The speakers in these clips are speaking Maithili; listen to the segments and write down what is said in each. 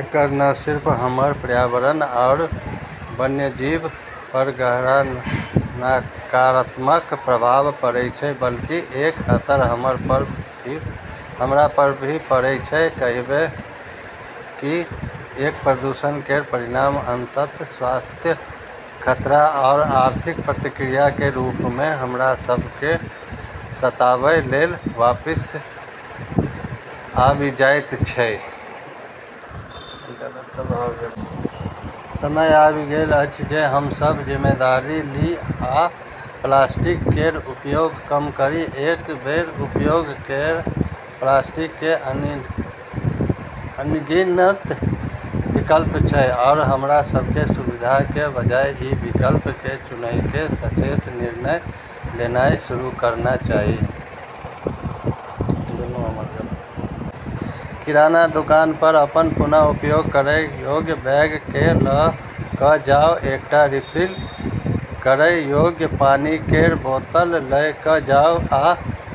एकर न सिर्फ हमर पर्यावरण आरू वन्यजीव पर गहरा नकारात्मक प्रभाव पड़ै छै, बल्कि एकर असर हमरा पर भी पड़ै छै, कहिबे कि एहन प्रदूषण केर परिणाम अंततः स्वास्थ्य खतरा आरू आर्थिक प्रतिक्रिया के रूप मँ हमरा सब केँ सताबै लेल वापस आबी जाइत छै। समय आबि गेल अछि जे हम सब जिम्मेदारी ली आ प्लास्टिक केर उपयोग कम करी। एक बेर उपयोग केर प्लास्टिक के अनगिनत विकल्प छै, आरू हमरा सब केँ सुविधा के बजाय ई विकल्प के चुनै के सचेत निर्णय लेनाय शुरू करना चाहियऽ। किराना दुकान पर अपन पुनः उपयोग करय योग्य बैग केँ लऽ कऽ आऊ, एकटा रिफिल करय योग्य पानी केर बोतल लऽ कऽ जाऊ, आ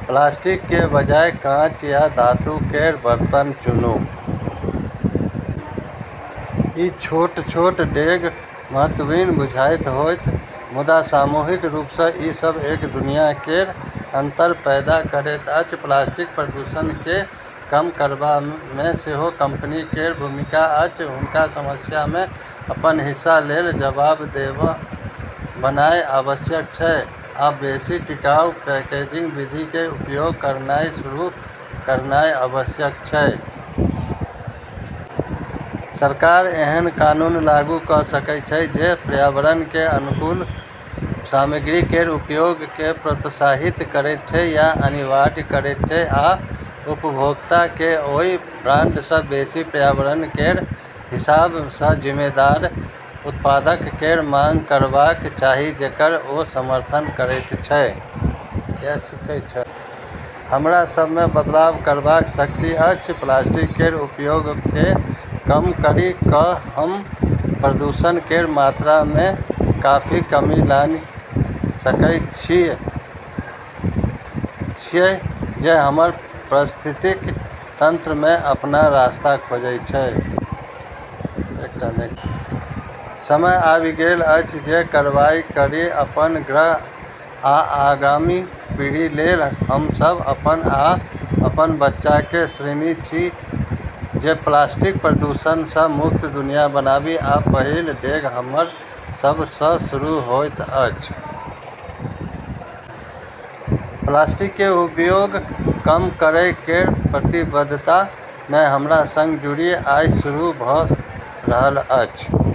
प्लास्टिक के बजाय कांच या धातु केर बर्तन चुनूँ। ई छोट-छोट डेग महत्वहीन बुझाइत होयत, मुदा सामूहिक रूप सँ, ई सब एक दुनिया केर अंतर पैदा करैत अछि। प्लास्टिक प्रदूषण केँ कम करबा मे सेहो कंपनी केर भूमिका अछि। हुनका समस्या मे अपन हिस्सा लेल जवाबदेह बनानाय आवश्यक छै आ बेसि टिकाऊ पैकेजिंग विधि के उपयोग करनाय शुरू करनाय आवश्यक छै। सरकार एहन कानून लागू कऽ सकै छै जे पर्यावरण के अनुकूल सामग्री केर उपयोग के प्रोत्साहित करैत छै या अनिवार्य करैत छै, आ उपभोक्ता केँ ओय ब्रांड सँ बेसि पर्यावरण केर हिसाब सँ जिम्मेदार उत्पादक केर मांग करबाक चाही, जेकर ओ समर्थन करैत छै। हमरा सब मे बदलाव करबाक शक्ति अछि। प्लास्टिक केर उपयोग केँ कम करी कऽ हम्मं प्रदूषण केर मात्रा मे काफी कमी लानी सकै छियै जे हमर पारिस्थितिकी तंत्र मे अपन रास्ता खोजै छै। समय आबि गेल अछि जे कार्रवाई करी, अपन ग्रह आ आगामी पीढ़ी लेल। हम सब अपन आ अपन बच्चा के ऋणी छी जे प्लास्टिक प्रदूषण सँ मुक्त दुनिया बनाबी, आ पहिल डेग हमरा सब सँ शुरू होइत अछि। प्लास्टिक के उपयोग कम करय केर प्रतिबद्धता मे हमरा संग जुड़ी, आइ सँ शुरू भऽ रहल अछि।